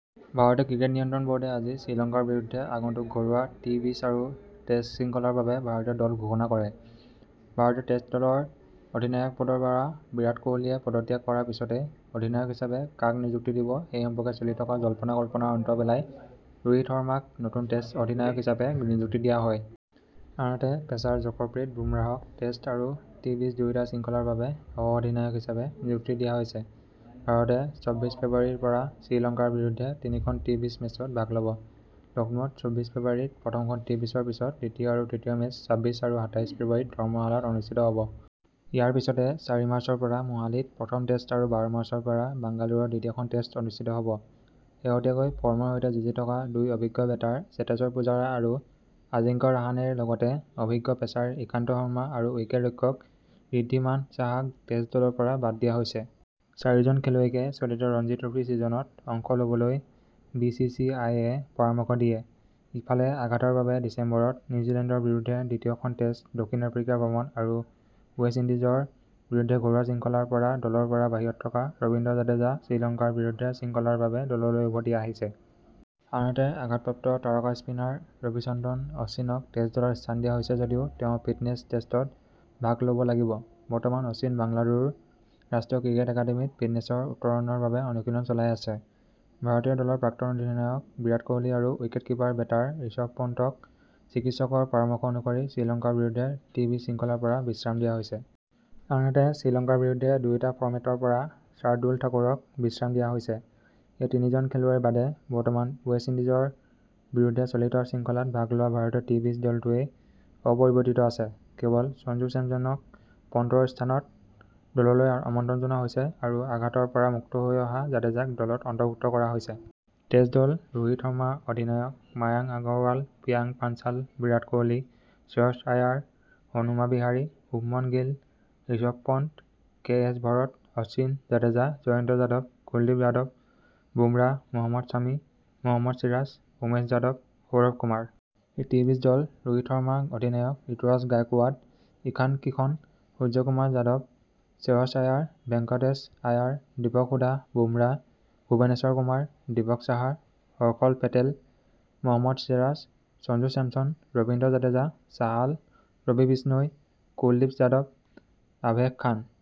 ভাৰতীয় ক্ৰিকেট নিয়ন্ত্ৰণ বোৰ্ডে আজি শ্ৰীলংকাৰ বিৰুদ্ধে আগন্তুক ঘৰুৱা টি-বিছ আৰু টেষ্ট শৃংখলাৰ বাবে ভাৰতীয় দল ঘোষণা কৰে। ভাৰতীয় টেষ্ট দলৰ অধিনায়ক পদৰ পৰা বিৰাট কোহলীয়ে পদত্যাগ কৰাৰ পিছতে অধিনায়ক হিচাপে কাক নিযুক্তি দিব সেই সম্পৰ্কে চলি থকা জল্পনা-কল্পনাৰ অন্ত পেলাই ৰোহিত শৰ্মাক নতুন টেষ্ট অধিনায়ক হিচাপে নিযুক্তি দিয়া হয়। আনহাতে পেচাৰ যশপ্ৰীত বুমৰাহক টেষ্ট আৰু টি-বিছ দুয়োটা শৃংখলাৰ বাবে সহ-অধিনায়ক হিচাপে নিযুক্তি দিয়া হৈছে। ভাৰতে চব্বিশ ফেব্ৰুৱাৰীৰ পৰা শ্ৰীলংকাৰ বিৰুদ্ধে তিনিখন টি-বিছ মেচত ভাগ ল'ব। লক্ষ্ণৌত চব্বিশ ফেব্ৰুৱাৰীত প্ৰথমখন টি-বিছৰ পিছত দ্বিতীয় আৰু তৃতীয় মেচ ছাব্বিশ আৰু সাতাইশ ফেব্ৰুৱাৰীত ধৰ্মশালাত অনুষ্ঠিত হ'ব। ইয়াৰ পিছতে চাৰি মাৰ্চৰ পৰা মোহালিত প্ৰথম টেষ্ট আৰু বাৰ মাৰ্চৰ পৰা বাংগালুৰুত দ্বিতীয়খন টেষ্ট অনুষ্ঠিত হ'ব। শেহতীয়াকৈ ফৰ্মৰ সৈতে যুঁজি থকা দুই অভিজ্ঞ বেটাৰ চেতেশ্বৰ পূজাৰা আৰু আজিংক্য ৰাহানেৰ লগতে অভিজ্ঞ পেচাৰ ইশান্ত শৰ্মা আৰু উইকেট ৰক্ষক ঋদ্ধিমান সাহাক টেষ্ট দলৰ পৰা বাদ দিয়া হৈছে। চাৰিওজন খেলুৱৈকে চলিত ৰঞ্জী ট্ৰফী ছিজনত অংশ ল'বলৈ বিচিচিআইয়ে পৰামৰ্শ দিয়ে। ইফালে আঘাতৰ বাবে ডিচেম্বৰত নিউজিলেণ্ডৰ বিৰুদ্ধে দ্বিতীয় খন টেষ্ট, দক্ষিণ আফ্ৰিকা ভ্ৰমণ আৰু ৱেষ্ট ইণ্ডিজৰ বিৰুদ্ধে ঘৰুৱা শৃংখলাৰ পৰা দলৰ পৰা বাহিৰত থকা ৰবীন্দ্ৰ জাদেজা শ্ৰীলংকাৰ বিৰুদ্ধে শৃংখলাৰ বাবে দললৈ উভতি আহিছে। আনহাতে আঘাতপ্ৰাপ্ত তাৰকা স্পিনাৰ ৰবিচন্দ্ৰন অশ্বিনক টেষ্ট দলত স্থান দিয়া হৈছে যদিও তেওঁ ফিটনেছ টেষ্টত ভাগ ল'ব লাগিব। বৰ্তমান অশ্বিন বাংগালুৰুৰ ৰাষ্ট্ৰীয় ক্ৰিকেট একাডেমীত ফিটনেছৰ উত্তৰণৰ বাবে অনুশীলন চলাই আছে। ভাৰতীয় দলৰ প্ৰাক্তন অধিনায়ক বিৰাট কোহলী আৰু উইকেটকিপাৰ বেটাৰ ঋষভ পন্তক চিকিৎসকৰ পৰামৰ্শ অনুসৰি শ্ৰীলংকাৰ বিৰুদ্ধে টি-বিছ শৃংখলাৰ পৰা বিশ্ৰাম দিয়া হৈছে। আনহাতে শ্ৰীলংকাৰ বিৰুদ্ধে দুয়োটা ফৰ্মেটৰ পৰা শাৰ্দুল ঠাকুৰক বিশ্ৰাম দিয়া হৈছে। এই তিনিজন খেলুৱৈৰ বাদে বৰ্তমান ৱেষ্ট ইণ্ডিজৰ বিৰুদ্ধে চলিত শৃংখলাত ভাগ লোৱা ভাৰতীয় টি-বিছ দলটোৱেই অপৰিৱৰ্তিত আছে। কেৱল সঞ্জু চেমছনক পন্তৰ স্থানত দললৈ আমন্ত্ৰণ জনোৱা হৈছে আৰু আঘাতৰ পৰা মুক্ত হৈ অহা জাদেজাক দলত অন্তৰ্ভুক্ত কৰা হৈছে। টেষ্ট দলঃ ৰোহিত শৰ্মা অধিনায়ক, মায়াংক আগৰৱাল, প্ৰিয়াংক পাঞ্চাল, বিৰাট কোহলী, শ্ৰেয়স আয়াৰ, হনুমা বিহাৰী, শুভমন গিল, ঋষভ পন্ত, কে এছ ভৰত, অশ্বিন, জাদেজা, জয়ন্ত যাদৱ, কুলদীপ যাদৱ, বুমৰাহ, মহম্মদ ছামী, মহম্মদ চিৰাজ, উমেশ যাদৱ, সৌৰভ কুমাৰ। টি-বিছ দলঃ ৰোহিত শৰ্মা অধিনায়ক, ৰুতুৰাজ গায়কোৱাড, ঈশান কিষণ, সূৰ্যকুমাৰ যাদৱ, শ্ৰেয়স আয়াৰ, ভেঙ্কটেশ আয়াৰ, দীপক হুডা, বুমৰাহ, ভুৱনেশ্বৰ কুমাৰ, দীপক চাহাৰ, হৰ্ষল পেটেল, মহম্মদ চিৰাজ, সঞ্জু চেমছন, ৰবীন্দ্ৰ জাদেজা, চাহাল, ৰবি বিষ্ণৈ, কুলদীপ যাদৱ, আভেশ খান।